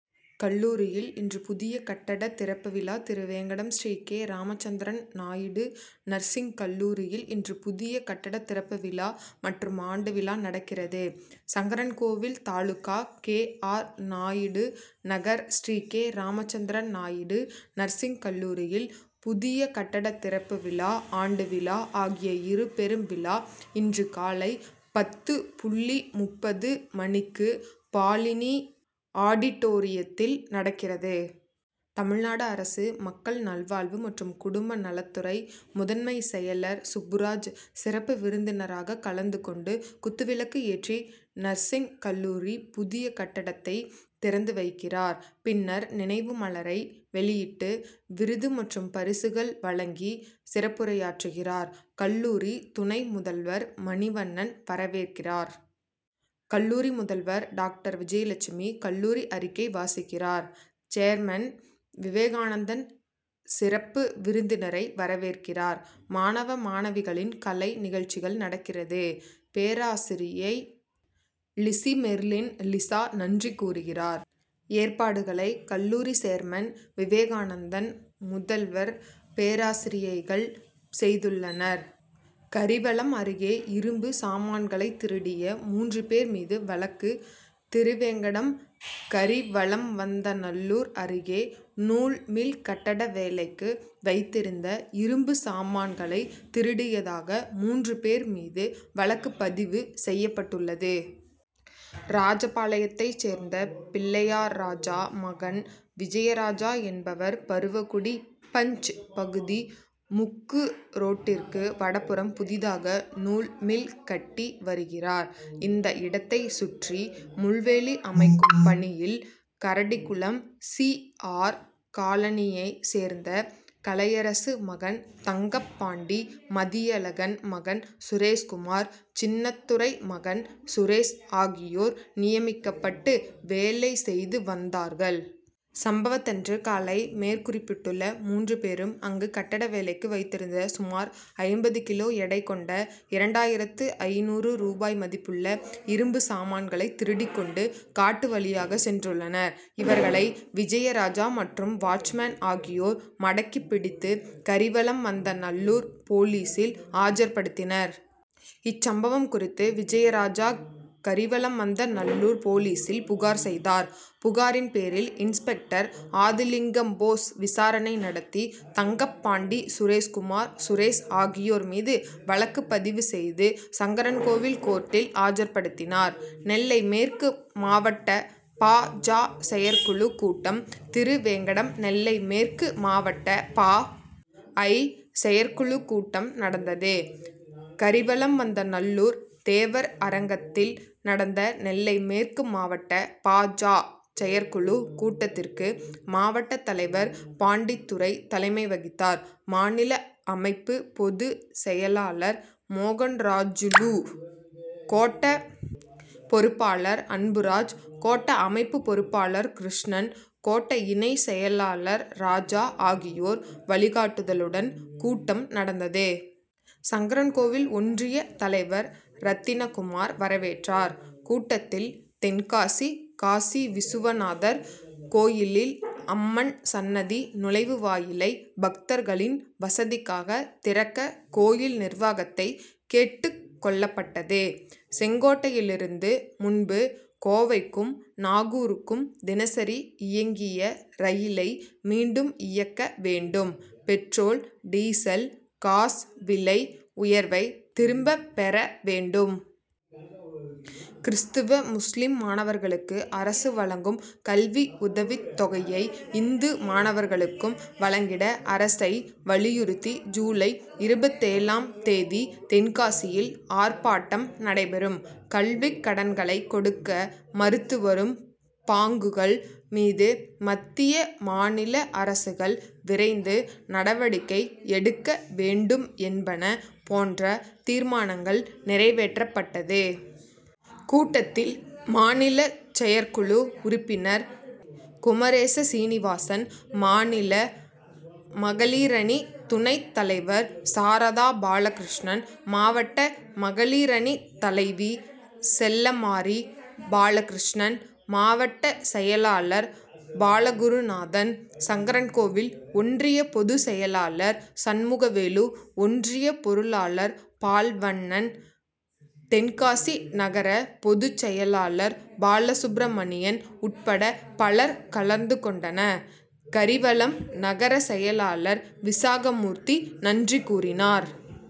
கல்லூரியில்இன்று புதிய கட்டட திறப்பு விழா திருவேங்கடம் ஸ்ரீ. கே. ராமச்சந்திரன் நாயுடு நர்சிங் கல்லூரியில் இன்று புதிய கட்டட திறப்பு விழா மற்றும் ஆண்டு விழா நடக்கிறது. Sankarankovil taluka K. R. Naidu Nagar Sri. K. Ramachandran Naidu nursing கல்லூரியில் புதிய கட்டட திறப்பு விழா, ஆண்டு விழா ஆகிய இருபெரும் விழா இன்று காலை பத்து புள்ளி முப்பது மணிக்கு பாலினி ஆடிட்டோரியத்தில் நடக்கிறது. தமிழ்நாடு அரசு மக்கள் நல்வாழ்வு மற்றும் குடும்ப நலத்துறை முதன்மை செயலர் சுப்புராஜ் சிறப்பு விருந்தினராக கலந்து கொண்டு குத்துவிளக்கு ஏற்றி, நர்சிங் கல்லூரி புதிய கட்டடத்தை திறந்து வைக்கிறார். பின்னர் நினைவு மலரை வெளியிட்டு விருது மற்றும் பரிசுகள் வழங்கி சிறப்புரையாற்றுகிறார். கல்லூரி துணை முதல்வர் மணிவண்ணன் வரவேற்கிறார். கல்லூரி முதல்வர் டாக்டர் விஜயலட்சுமி கல்லூரி அறிக்கை வாசிக்கிறார். சேர்மன் விவேகானந்தன் சிறப்பு விருந்தினரை வரவேற்கிறார். மாணவ, மாணவிகளின் கலை நிகழ்ச்சிகள் நடக்கிறது. பேராசிரியை லிசிமெர்லின் லிசா நன்றி கூறுகிறார். ஏற்பாடுகளை கல்லூரி சேர்மன் விவேகானந்தன், முதல்வர், பேராசிரியைகள் செய்துள்ளனர். கரிவலம் அருகே இரும்பு சாமான்களைதிருடிய மூன்று பேர் மீது வழக்கு திருவேங்கடம் கரிவலம்வந்தநல்லூர் அருகே நூல் மில் கட்டட வேலைக்கு வைத்திருந்த இரும்பு சாமான்களை திருடியதாக மூன்று பேர் மீது வழக்குபதிவு செய்யப்பட்டுள்ளது. ராஜபாளையத்தை சேர்ந்த பிள்ளையார்ராஜா மகன் விஜயராஜா என்பவர் பருவக்குடி பஞ்., பகுதி முக்கு ரோட்டிற்கு வடபுறம் புதிதாக நூல் மில் கட்டி வருகிறார். இந்த இடத்தை சுற்றி முள்வேலி அமைக்கும் பணியில் கரடிகுளம் சி. ஆர். காலனியை சேர்ந்த கலையரசு மகன் தங்கப்பாண்டி, மதியழகன் மகன் சுரேஷ்குமார், சின்னத்துரை மகன் சுரேஷ் ஆகியோர் நியமிக்கப்பட்டு வேலை செய்து வந்தார்கள். சம்பவத்தன்று காலை மேற்குறிப்பிட்டுள்ள மூன்று பேரும் அங்கு கட்டட வேலைக்கு வைத்திருந்த சுமார் ஐம்பது கிலோ எடை கொண்ட இரண்டாயிரத்து ஐந்நூறு ரூபாய் மதிப்புள்ள இரும்பு சாமான்களை திருடிக் கொண்டு காட்டு வழியாக சென்றுள்ளனர். இவர்களை விஜயராஜா மற்றும் வாட்ச்மேன் ஆகியோர் மடக்கி பிடித்து கரிவலம்வந்தநல்லூர் போலீசில் ஆஜர்படுத்தினர். இச்சம்பவம் குறித்து விஜயராஜா கரிவலம்வந்தநல்லூர் போலீசில் புகார் செய்தார். புகாரின் பேரில் இன்ஸ்பெக்டர் ஆதிலிங்கம்போஸ் விசாரணை நடத்தி தங்கப்பாண்டி, சுரேஷ்குமார், சுரேஷ் ஆகியோர் மீது வழக்கு பதிவு செய்து சங்கரன்கோவில் கோர்ட்டில் ஆஜர்படுத்தினார். நெல்லை மேற்கு மாவட்டபா. ஜ.,செயற்குழு கூட்டம் திருவேங்கடம் நெல்லை மேற்கு மாவட்ட பா. ஐ.,செயற்குழு கூட்டம் நடந்தது. கரிவலம்வந்தநல்லூர் தேவர் அரங்கத்தில் நடந்த நெல்லை மேற்கு மாவட்ட பா. ஜ.,செயற்குழு கூட்டத்திற்கு மாவட்ட தலைவர் பாண்டித்துரை தலைமை வகித்தார். மாநில அமைப்பு பொது செயலாளர் மோகன்ராஜூலு, கோட்ட பொறுப்பாளர் அன்புராஜ், கோட்ட அமைப்பு பொறுப்பாளர் கிருஷ்ணன், கோட்ட இணை செயலாளர் ராஜா ஆகியோர் வழிகாட்டுதலுடன் கூட்டம் நடந்தது. சங்கரன்கோவில் ஒன்றிய தலைவர் ரத்தினகுமார் வரவேற்றார். கூட்டத்தில், தென்காசி காசிவிசுவநாதர் கோயிலில் அம்மன் சன்னதி நுழைவுவாயிலை பக்தர்களின் வசதிக்காக திறக்க கோயில் நிர்வாகத்தை கேட்டுக் கொள்ளப்பட்டது. செங்கோட்டையிலிருந்து முன்பு கோவைக்கும், நாகூருக்கும் தினசரி இயங்கிய ரயிலை மீண்டும் இயக்க வேண்டும். பெட்ரோல், டீசல், காஸ் விலை உயர்வை திரும்ப பெற வேண்டும். கிறிஸ்தவ, முஸ்லிம் மாணவர்களுக்கு அரசு வழங்கும் கல்வி உதவித் தொகையை இந்து மாணவர்களுக்கும் வழங்கிட அரசை வலியுறுத்தி ஜூலை இருபத்தேழாம் தேதி தென்காசியில் ஆர்ப்பாட்டம் நடைபெறும். கல்விக் கடன்களை கொடுக்க மறுத்து வரும் பாங்குகள் மீது மத்திய, மாநில அரசுகள் விரைந்து நடவடிக்கை எடுக்க வேண்டும் என்பன போன்ற தீர்மானங்கள் நிறைவேற்றப்பட்டது. கூட்டத்தில் மாநில செயற்குழு உறுப்பினர் குமரேசசீனிவாசன், மாநில மகளிரணி துணைத் தலைவர் சாரதா பாலகிருஷ்ணன், மாவட்ட மகளிரணி தலைவி செல்லமாரி, பாலகிருஷ்ணன், மாவட்ட செயலாளர் பாலகுருநாதன், சங்கரன்கோவில் ஒன்றிய பொது செயலாளர் சண்முகவேலு, ஒன்றிய பொருளாளர் பால்வண்ணன், தென்காசி நகர பொது செயலாளர் பாலசுப்பிரமணியன் உட்பட பலர் கலந்து கொண்டனர். கரிவலம் நகர செயலாளர் விசாகமூர்த்தி நன்றி கூறினார்.